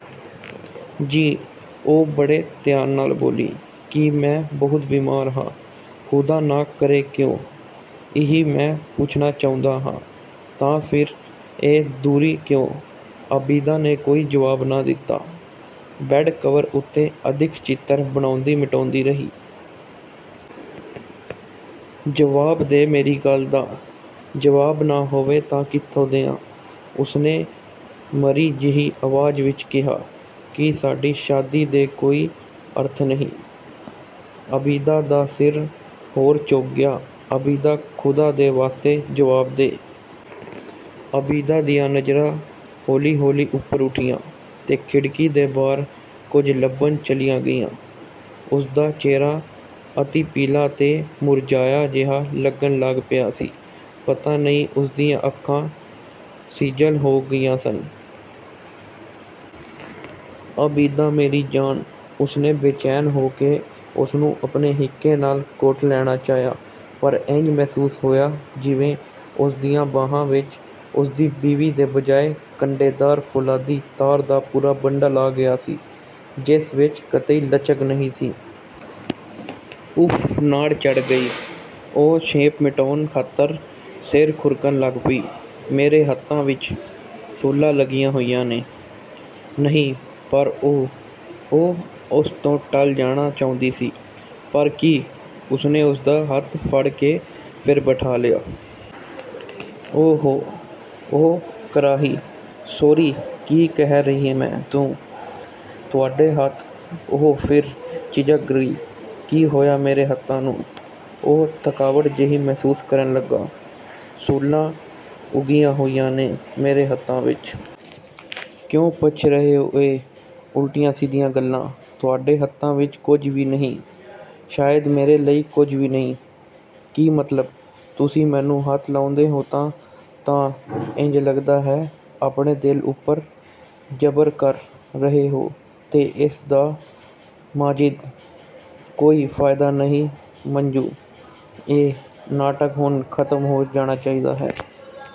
"ਜੀ?" ਉਹ ਬੜੇ ਪਿਆਰ ਨਾਲ ਬੋਲੀ। "ਕੀ ਮੈਂ ਬਹੁਤ ਬੀਮਾਰ ਹਾਂ?" "ਖ਼ੁਦਾ ਨਾ ਕਰੇਕਿਉਂ?" "ਇਹੀ ਮੈਂ ਪੁੱਛਣਾ ਚਾਹੁੰਦਾ ਹਾਂ, ਤਾਂ ਫਿਰ ਇਹ ਦੂਰੀ ਕਿਉਂ?"ਆਬਿਦਾ ਨੇ ਕੋਈ ਜਵਾਬ ਨਾ ਦਿੱਤਾ, ਬੈੱਡ-ਕਵਰ ਉੱਤੇ ਅਦਿੱਖ ਚਿੱਤਰ ਬਣਾਉਂਦੀ-ਮਿਟਾਉਂਦੀ ਰਹੀ। "ਜਵਾਬ ਦੇ, ਮੇਰੀ ਗੱਲ ਦਾ?" "ਜਵਾਬ ਨਾ ਹੋਵੇ ਤਾਂ ਕਿੱਥੋਂ ਦਿਆਂ?" ਉਸਨੇ ਮਰੀ ਜਿਹੀ ਆਵਾਜ਼ ਵਿੱਚ ਕਿਹਾ। "ਕੀ ਸਾਡੀ ਸ਼ਾਦੀ ਦੇ ਕੋਈ ਅਰਥ ਨਹੀਂ?" ਆਬਿਦਾ ਦਾ ਸਿਰ ਹੋਰ ਝੁਕ ਗਿਆ। "ਆਬਿਦਾ, ਖ਼ੁਦਾ ਦੇ ਵਾਸਤੇ ਜਵਾਬ ਦੇ?" ਆਬਿਦਾ ਦੀਆਂ ਨਜ਼ਰਾਂ ਹੌਲੀ-ਹੌਲੀ ਉੱਪਰ ਉੱਠੀਆਂ ਤੇ ਖਿੜਕੀ ਦੇ ਬਾਹਰ ਕੁਝ ਲੱਭਣ ਚਲੀਆਂ ਗਈਆਂ। ਉਸਦਾ ਚਿਹਰਾ ਅਤਿ ਪੀਲਾ ਤੇ ਮੁਰਝਾਇਆ ਜਿਹਾ ਲੱਗਣ ਲੱਗ ਪਿਆ ਸੀ। "ਪਤਾ ਨਹੀਂ" ਉਸਦੀਆਂ ਅੱਖਾਂ ਸਿੱਜਲ ਹੋ ਗਈਆਂ ਸਨ। "ਆਬਿਦਾ ਮੇਰੀ ਜਾਨ!" ਉਸਨੇ ਬੇਚੈਨ ਹੋ ਕੇ ਉਸਨੂੰ ਆਪਣੀ ਹਿੱਕੇ ਨਾਲ ਘੁੱਟ ਲੈਣਾ ਚਾਹਿਆ, ਪਰ ਇੰਜ ਮਹਿਸੂਸ ਹੋਇਆ ਜਿਵੇਂ ਉਸਦੀਆਂ ਬਾਹਾਂ ਵਿੱਚ ਉਸਦੀ ਬੀਵੀ ਦੇ ਬਜਾਏ ਕੰਡੇਦਾਰ ਫ਼ੌਲਾਦੀ ਤਾਰ ਦਾ ਪੂਰਾ ਬੰਡਲ ਆ ਗਿਆ ਸੀ, ਜਿਸ ਵਿੱਚ ਕਤਈ ਲਚਕ ਨਹੀਂ ਸੀ। "ਉਫ਼ ਨਾੜ ਚੜ੍ਹ ਗਈ" ਉਹ ਝੇਂਪ ਮਿਟਾਉਣ ਖਾਤਰ, ਸਿਰ ਖੁਰਕਣ ਲੱਗ ਪਈ। "ਮੇਰੇ ਹੱਥਾਂ ਵਿੱਚ ਸੂਲਾਂ ਲੱਗੀਆਂ ਹੋਈਆਂ ਨੇ?" "ਨਹੀਂ ਪਰ ਉਹ" ਉਹ ਉਸ ਤੋਂ ਟਲ ਜਾਣਾ ਚਾਹੁੰਦੀ ਸੀ। "ਪਰ ਕੀ?" ਉਸਨੇ ਉਸਦਾ ਹੱਥ ਫੜ੍ਹ ਕੇ ਫਿਰ ਬਿਠਾ ਲਿਆ। "ਓ-ਹੋ" ਉਹ ਕਰਾਹੀ। "ਸੌਰੀ ਕੀ ਕਹਿ ਰਹੀ ਸੈਂ ਤੂੰ?" "ਤੁਹਾਡੇ ਹੱਥ" ਉਹ ਫਿਰ ਝਿਜਕ ਗਈ। "ਕੀ ਹੋਇਆ ਮੇਰੇ ਹੱਥਾਂ ਨੂੰ?" ਉਹ ਥਕਾਵਟ ਜਿਹੀ ਮਹਿਸੂਸ ਕਰਨ ਲੱਗਾ, "ਸੂਲਾਂ ਉੱਗੀਆਂ ਹੋਈਆਂ ਨੇ ਮੇਰੇ ਹੱਥਾਂ ਵਿੱਚ?" "ਕਿਉਂ ਪੁੱਛ ਰਹੇ ਹੋ ਇਹ ਉਲਟੀਆਂ-ਸਿੱਧੀਆਂ ਗੱਲਾਂ, ਤੁਹਾਡੇ ਹੱਥਾਂ ਵਿੱਚ ਕੁਝ ਵੀ ਨਹੀਂ। ਸ਼ਾਇਦ ਮੇਰੇ ਲਈ ਕੁਝ ਵੀ ਨਹੀਂ।" "ਕੀ ਮਤਲਬ?" "ਤੁਸੀਂ ਮੈਨੂੰ ਹੱਥ ਲਾਉਂਦੇ ਹੋ ਤਾਂ, ਤਾਂ ਇੰਜ ਲੱਗਦਾ ਹੈ, ਆਪਣੇ ਦਿਲ ਉੱਪਰ ਜ਼ਬਰ ਕਰ ਰਹੇ ਹੋ ਤੇ ਇਸ ਦਾ ਮਾਜਿਦ, ਕੋਈ ਫਾਇਦਾ ਨਹੀਂ ਮੱਜੂ, ਇਹ ਨਾਟਕ ਹੁਣ ਖਤਮ ਹੋ ਜਾਣਾ ਚਾਹੀਦਾ ਹੈ।"